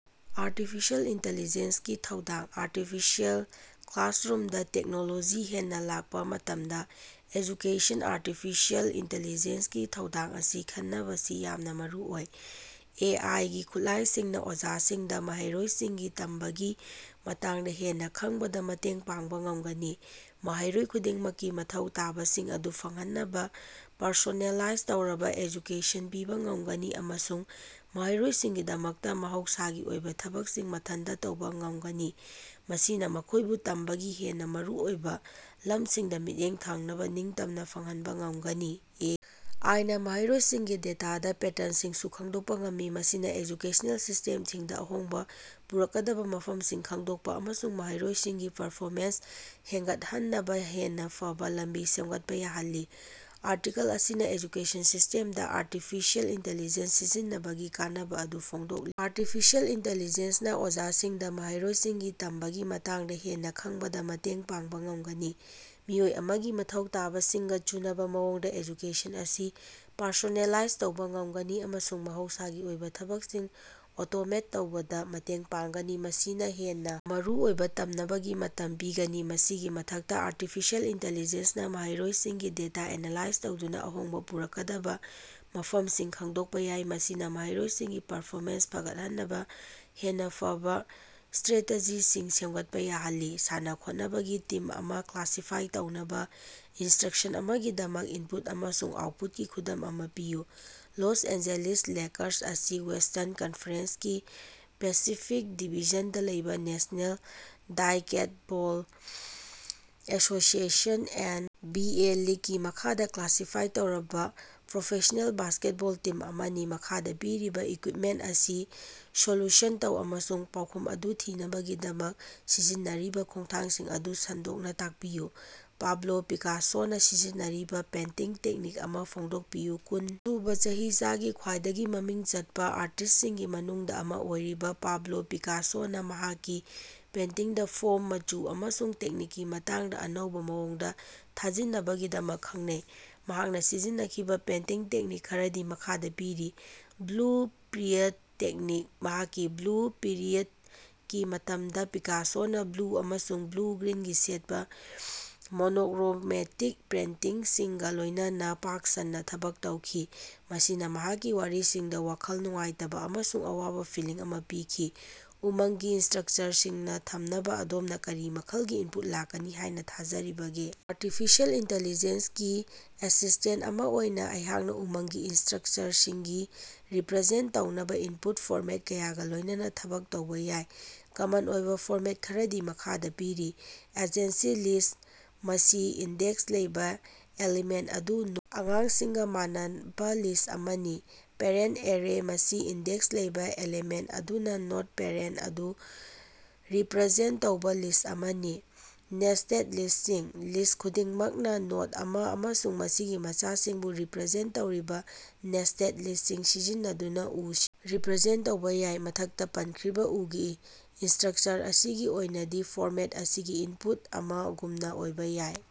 Artificial intelligence ꯒꯤ ꯊꯧꯗꯥꯡ꯫ Article: ꯀ꯭ꯂꯥꯁꯔꯨꯝꯗꯥ ꯇꯦꯛꯅꯣꯂꯣꯖꯤ ꯍꯦꯟꯅꯥ ꯂꯥꯛꯄ ꯃꯇꯝꯗ ꯑꯦꯖꯨꯀꯦꯁꯟꯗ ꯑꯥꯔꯇꯤꯐꯤꯁꯤꯑꯦꯜ ꯏꯟꯇꯤꯂꯤꯖꯦꯟꯁ ꯒꯤ ꯊꯧꯗꯥꯡ ꯑꯁꯤ ꯈꯟꯅꯕꯁꯤ ꯌꯥꯝꯅꯥ ꯃꯔꯨꯑꯣꯏ꯫ ꯑꯦ ꯑꯥꯏ ꯒꯤ ꯈꯨꯠꯂꯥꯏꯁꯤꯡꯅ ꯑꯣꯖꯥꯁꯤꯡꯗ ꯃꯍꯩꯔꯣꯏꯁꯤꯡꯒꯤ ꯇꯝꯕꯒꯤ ꯃꯇꯥꯡꯗ ꯍꯦꯟꯅ ꯈꯪꯕꯗꯥ ꯃꯇꯦꯡ ꯄꯥꯡꯕ ꯉꯝꯒꯅꯤ, ꯃꯍꯩꯔꯣꯏ ꯈꯨꯗꯤꯡꯃꯛꯀꯤ ꯃꯊꯧ ꯇꯥꯕꯁꯤꯡ ꯑꯗꯨ ꯐꯪꯍꯟꯅꯕꯥ ꯄꯔꯁꯣꯅꯦꯂꯥꯏꯖ ꯇꯧꯔꯕꯥ ꯑꯦꯖꯨꯀꯦꯁꯟ ꯄꯤꯕ ꯉꯝꯒꯅꯤ ꯑꯃꯁꯨꯡ ꯃꯍꯩꯔꯣꯏꯁꯤꯡꯒꯤꯗꯃꯛꯇꯥ ꯃꯍꯧꯁꯥꯒꯤ ꯑꯣꯏꯕ ꯊꯕꯛꯁꯤꯡ ꯃꯊꯟꯇ ꯇꯧꯕ ꯉꯝꯒꯅꯤ꯫ꯃꯁꯤꯅꯥ ꯃꯈꯣꯏꯕꯨ ꯇꯝꯕꯒꯤ ꯍꯦꯟꯅ ꯃꯔꯨꯑꯣꯏꯕ ꯂꯝꯁꯤꯡꯗ ꯃꯤꯠꯌꯦꯡ ꯊꯝꯅꯕ ꯅꯤꯡꯇꯝꯕ ꯐꯪꯍꯅꯕ ꯉꯝꯒꯅꯤ꯫ ꯑꯦ. ꯑꯥꯏ. ꯅꯥ ꯃꯍꯩꯔꯣꯏꯁꯤꯡꯒꯤ ꯗꯦꯇꯥꯗꯥ ꯄꯦꯇꯔꯟꯁꯤꯡꯁꯨ ꯈꯪꯗꯣꯛꯄꯥ ꯉꯝꯃꯤ, ꯃꯁꯤꯅꯥ ꯑꯦꯖꯨꯀꯦꯁꯅꯦꯜ ꯁꯤꯁꯇꯦꯝꯁꯤꯡꯗ ꯑꯍꯣꯡꯕ ꯄꯨꯔꯛꯀꯗꯕ ꯃꯐꯝꯁꯤꯡ ꯈꯪꯗꯣꯛꯄ ꯑꯃꯁꯨꯡ ꯃꯍꯩꯔꯣꯏꯁꯤꯡꯒꯤ ꯄꯔꯐꯣꯃꯦꯟꯁ ꯍꯦꯅꯒꯠꯍꯟꯅꯕꯥ ꯍꯦꯟꯅ ꯐꯕ ꯂꯝꯕꯤ ꯁꯦꯝꯒꯠꯄ ꯌꯥꯍꯜꯂꯤ꯫ ꯑꯥꯔꯇꯤꯀꯜ ꯑꯁꯤꯅꯥ ꯑꯦꯖꯨꯀꯦꯁꯟ ꯁꯤꯁꯇꯦꯝꯗ ꯑꯥꯔꯇꯤꯐꯤꯁꯤꯑꯦꯜ ꯏꯟꯇꯦꯂꯤꯖꯦꯟꯁ ꯁꯤꯖꯤꯟꯅꯕꯒꯤ ꯀꯥꯟꯅꯕꯥ ꯑꯗꯨ ꯐꯣꯡꯗꯣꯛꯂꯤ꯫ ꯑꯥꯔꯇꯤꯐꯤꯁꯤꯑꯦꯜ ꯏꯟꯇꯤꯂꯤꯖꯦꯟꯁ ꯅꯥ ꯑꯣꯖꯥꯁꯤꯡꯗꯥ ꯃꯍꯩꯔꯣꯏꯁꯤꯡꯒꯤ ꯇꯝꯕꯒꯤ ꯃꯇꯥꯡꯗꯥ ꯍꯦꯟꯅꯥ ꯈꯪꯕꯗ ꯃꯇꯦꯡ ꯄꯥꯡꯕꯥ ꯉꯝꯒꯅꯤ, ꯃꯤꯑꯣꯏ ꯑꯃꯒꯤ ꯃꯊꯧ ꯇꯥꯕꯁꯤꯡꯒ ꯆꯨꯅꯕ ꯃꯑꯣꯡꯗ ꯑꯦꯖꯨꯀꯦꯁꯟ ꯑꯁꯤ ꯄꯔꯁꯣꯅꯦꯂꯥꯏꯖ ꯇꯧꯕꯥ ꯉꯝꯒꯅꯤ ꯑꯃꯁꯨꯡ ꯃꯍꯧꯁꯥꯒꯤ ꯑꯣꯏꯕ ꯊꯕꯛꯁꯤꯡ ꯑꯣꯇꯣꯃꯦꯠ ꯇꯧꯕꯗꯥ ꯃꯇꯦꯡ ꯄꯥꯡꯒꯅꯤ, ꯃꯁꯤꯅꯥ ꯍꯦꯟꯅ ꯃꯔꯨꯑꯣꯏꯕ ꯇꯝꯅꯕꯒꯤ ꯃꯇꯝ ꯄꯤꯒꯅꯤ꯫ ꯃꯁꯤꯒꯤ ꯃꯊꯛꯇꯥ ꯑꯥꯔꯇꯤꯐꯤꯁꯤꯑꯦꯜ ꯏꯟꯇꯤꯂꯤꯖꯦꯟꯁ ꯅꯥ ꯃꯍꯩꯔꯣꯏꯁꯤꯡꯒꯤ ꯗꯦꯇꯥ ꯑꯦꯅꯥꯂꯥꯏꯖ ꯇꯧꯗꯨꯅꯥ ꯑꯍꯣꯡꯕ ꯄꯨꯔꯛꯀꯗꯕ ꯃꯐꯃꯁꯤꯡ ꯈꯪꯗꯣꯛꯄꯥ ꯌꯥꯏ, ꯃꯁꯤꯅꯥ ꯃꯍꯩꯔꯣꯏꯁꯤꯡꯒꯤ ꯄꯔꯐꯣꯃꯦꯟꯁ ꯐꯒꯠꯍꯟꯅꯕꯥ ꯍꯦꯟꯅꯥ ꯐꯕꯥ ꯁ꯭ꯠꯔꯦꯇꯦꯖꯤꯁꯤꯡ ꯁꯦꯝꯒꯠꯄꯥ ꯌꯥꯍꯜꯂꯤ꯫ ꯁꯥꯟꯅ-ꯈꯣꯠꯅꯕꯒꯤ ꯇꯤꯝ ꯑꯃ ꯀ꯭ꯂꯥꯁꯤꯐꯥꯏ ꯇꯧꯅꯕ ꯏꯅꯁꯇ꯭ꯔꯛꯁꯟ ꯑꯃꯒꯤꯗꯃꯛ ꯏꯟꯄꯨꯠ ꯑꯃꯁꯨꯡ ꯑꯥꯎꯠꯄꯨꯠꯀꯤ ꯈꯨꯗꯝ ꯑꯃꯥ ꯄꯤꯌꯨ꯫ ꯂꯣꯁ ꯑꯦꯟꯖꯦꯂꯤꯁ ꯂꯦꯀꯔꯁ ꯑꯁꯤ ꯋꯦꯁꯇꯔꯟ ꯀꯟꯐꯔꯦꯟꯁꯀꯤ ꯄꯦꯁꯤꯐꯤꯛ ꯗꯤꯕꯤꯖꯟꯗꯥ ꯂꯩꯕꯥ national basketball association (N. B. A.) ꯂꯤꯒꯀꯤ ꯃꯈꯥꯗꯥ ꯀ꯭ꯂꯥꯁꯤꯐꯥꯏ ꯇꯧꯔꯕꯥ ꯄ꯭ꯔꯣꯐꯦꯁꯅꯦꯜ ꯕꯥꯁꯀꯦꯠꯕꯣꯜ ꯇꯤꯝ ꯑꯃꯅꯤ꯫ ꯃꯈꯥꯗꯥ ꯄꯤꯔꯤꯕꯥ ꯏꯀ꯭ꯌꯨꯏꯞꯃꯦꯟꯇ ꯑꯁꯤ ꯁꯣꯜꯌꯨꯁꯟ ꯇꯧ ꯑꯃꯁꯨꯡ ꯄꯥꯎꯈꯨꯝ ꯑꯗꯨ ꯊꯤꯅꯕꯒꯤꯗꯃꯛ ꯁꯤꯖꯤꯟꯅꯔꯤꯕꯥ ꯈꯣꯡꯊꯥꯡꯁꯤꯡ ꯑꯗꯨ ꯁꯟꯗꯣꯛꯅꯥ ꯇꯥꯛꯄꯤꯌꯨ꯫ ꯄꯥꯕꯂꯣ ꯄꯤꯀꯥꯁꯣꯅꯥ ꯁꯤꯖꯤꯟꯅꯔꯤꯕ ꯄꯦꯟꯇꯤꯡ ꯇꯦꯛꯅꯤꯛ ꯑꯃꯥ ꯐꯣꯡꯗꯣꯛꯄꯤꯌꯨ꯫ ꯀꯨꯟ ꯁꯨꯕꯥ ꯆꯍꯤꯆꯥꯒꯤ ꯈ꯭ꯋꯥꯏꯗꯒꯤ ꯃꯃꯤꯡ ꯆꯠꯄꯥ ꯑꯥꯔꯇꯤꯁꯁꯤꯡꯒꯤ ꯃꯅꯨꯡꯗꯥ ꯑꯃꯥ ꯑꯣꯏꯔꯤꯕꯥ ꯄꯥꯕꯂꯣ ꯄꯤꯀꯥꯁꯣꯅꯥ ꯃꯍꯥꯛꯀꯤ ꯄꯦꯟꯇꯤꯡꯗ ꯐꯣꯝ, ꯃꯆꯨ ꯑꯃꯁꯨꯡ ꯇꯦꯛꯅꯤꯛꯀꯤ ꯃꯇꯥꯡꯗꯥ ꯑꯅꯧꯕꯥ ꯃꯑꯣꯡꯗꯥ ꯊꯤꯖꯤꯟꯅꯕꯒꯤꯗꯃꯛ ꯈꯪꯅꯩ꯫ ꯃꯍꯥꯛꯅꯥ ꯁꯤꯖꯤꯟꯅꯈꯤꯕꯥ ꯄꯦꯟꯇꯤꯡ ꯇꯦꯛꯅꯤꯛ ꯈꯔꯗꯤ ꯃꯈꯥꯗꯥ ꯄꯤꯔꯤ: ꯕ꯭ꯂꯨ ꯄꯤꯔꯤꯌꯗ ꯇꯦꯛꯅꯤꯛ: ꯃꯍꯥꯛꯀꯤ ꯕ꯭ꯂꯨ ꯄꯤꯔꯤꯌꯗꯒꯤ ꯃꯇꯝꯗꯥ ꯄꯤꯀꯥꯁꯣꯅꯥ ꯕ꯭ꯂꯨ ꯑꯃꯁꯨꯡ ꯕ꯭ꯂꯨ-ꯒ꯭ꯔꯤꯟꯒꯤ ꯁꯦꯠꯄꯥ ꯃꯣꯅꯣꯛꯔꯣꯃꯦꯇꯤꯛ ꯄꯦꯟꯇꯤꯡꯁꯤꯡꯒꯥ ꯂꯣꯏꯅꯅ ꯄꯥꯛ ꯁꯟꯅꯥ ꯊꯕꯛ ꯇꯧꯈꯤ, ꯃꯁꯤꯅ ꯃꯍꯥꯛꯀꯤ ꯋꯥꯔꯤꯁꯤꯡꯗ ꯋꯥꯈꯜ ꯅꯨꯡꯉꯥꯏꯇꯕ ꯑꯃꯁꯨꯡ ꯑꯋꯥꯕ ꯐꯤꯜꯂꯤꯡ ꯑꯃ ꯄꯤꯈꯤ꯫ ꯎꯃꯪꯒꯤ ꯏꯁꯇ꯭ꯔꯛꯆꯔꯁꯤꯡ ꯊꯝꯅꯕ ꯑꯗꯣꯝꯅ ꯀꯔꯤ ꯃꯈꯜꯒꯤ ꯏꯟꯄꯨꯠ ꯂꯥꯛꯀꯅꯤ ꯍꯥꯏꯅ ꯊꯥꯖꯔꯤꯕꯒꯦ? ꯑꯥꯔꯇꯤꯐꯤꯁꯤꯑꯦꯜ ꯏꯟꯇꯤꯂꯤꯖꯦꯟꯁ ꯒꯤ ꯑꯦꯁꯤꯁꯇꯦꯟꯇ ꯑꯃꯥ ꯑꯣꯏꯅꯥ ꯑꯩꯍꯥꯛꯅ ꯎꯃꯪꯒꯤ ꯏꯁꯇ꯭ꯔꯛꯆꯔꯁꯤꯡ ꯔꯤꯄ꯭ꯔꯖꯦꯟꯇ ꯇꯧꯅꯕꯥ ꯏꯟꯄꯨꯠ ꯐꯣꯔꯃꯦꯠ ꯀꯌꯥꯒꯥ ꯂꯣꯏꯅꯅ ꯊꯕꯛ ꯇꯧꯕꯥ ꯌꯥꯏ꯫ ꯀꯃꯟ ꯑꯣꯏꯕꯥ ꯐꯣꯔꯃꯦꯠ ꯈꯔꯗꯤ ꯃꯈꯥꯗꯥ ꯄꯤꯔꯤ: ꯑꯦꯗꯖꯦꯟꯁꯤ ꯂꯤꯁ: ꯃꯁꯤ ꯏꯟꯗꯦꯛꯁ ꯂꯩꯕꯥ ꯑꯦꯂꯤꯃꯦꯟꯇ ꯑꯗꯨ ꯅꯣꯗ ꯑꯉꯥꯡꯁꯤꯡꯒꯥ ꯃꯥꯟꯅꯕꯥ ꯂꯤꯁ ꯑꯃꯅꯤ꯫ ꯄꯦꯔꯦꯟꯇ ꯑꯦꯔꯦ: ꯃꯁꯤ ꯏꯟꯗꯦꯛꯁ ꯂꯩꯕꯥ ꯑꯦꯂꯤꯃꯦꯟꯇ ꯑꯗꯨꯅ ꯅꯣꯗ ꯄꯦꯔꯦꯟꯇ ꯑꯗꯨ ꯔꯤꯄ꯭ꯔꯖꯦꯟꯇ ꯇꯧꯕꯥ ꯂꯤꯁ ꯑꯃꯅꯤ꯫ ꯅꯦꯁꯇꯦꯗ ꯂꯤꯁ꯭ꯇꯁꯤꯡ: ꯂꯤꯁ꯭ ꯈꯨꯗꯤꯡꯃꯛꯅꯥ ꯅꯣꯗ ꯑꯃꯥ ꯑꯃꯁꯨꯡ ꯃꯁꯤꯒꯤ ꯃꯆꯥꯁꯤꯡꯕꯨ ꯔꯤꯄ꯭ꯔꯖꯦꯟꯇ ꯇꯧꯔꯤꯕꯥ ꯅꯦꯁꯇꯦꯗ ꯂꯤꯁ꯭ꯇꯁꯤꯡ ꯁꯤꯖꯤꯟꯅꯗꯨꯅꯥ ꯎꯁꯤꯡꯁꯨ ꯔꯤꯄ꯭ꯔꯖꯦꯟꯇ ꯇꯧꯕꯥ ꯌꯥꯏ꯫ ꯃꯊꯛꯇꯥ ꯄꯟꯈ꯭ꯔꯤꯕꯥ ꯎꯒꯤ ꯏꯁꯇ꯭ꯔꯛꯆꯔ ꯑꯁꯤꯒꯤ ꯑꯣꯏꯅꯗꯤ, ꯐꯣꯔꯃꯦꯠ ꯑꯁꯤꯒꯤ ꯏꯟꯄꯨꯠ ꯑꯃ ꯒꯨꯝꯅꯥ ꯑꯣꯏꯕꯥ ꯌꯥꯏ꯫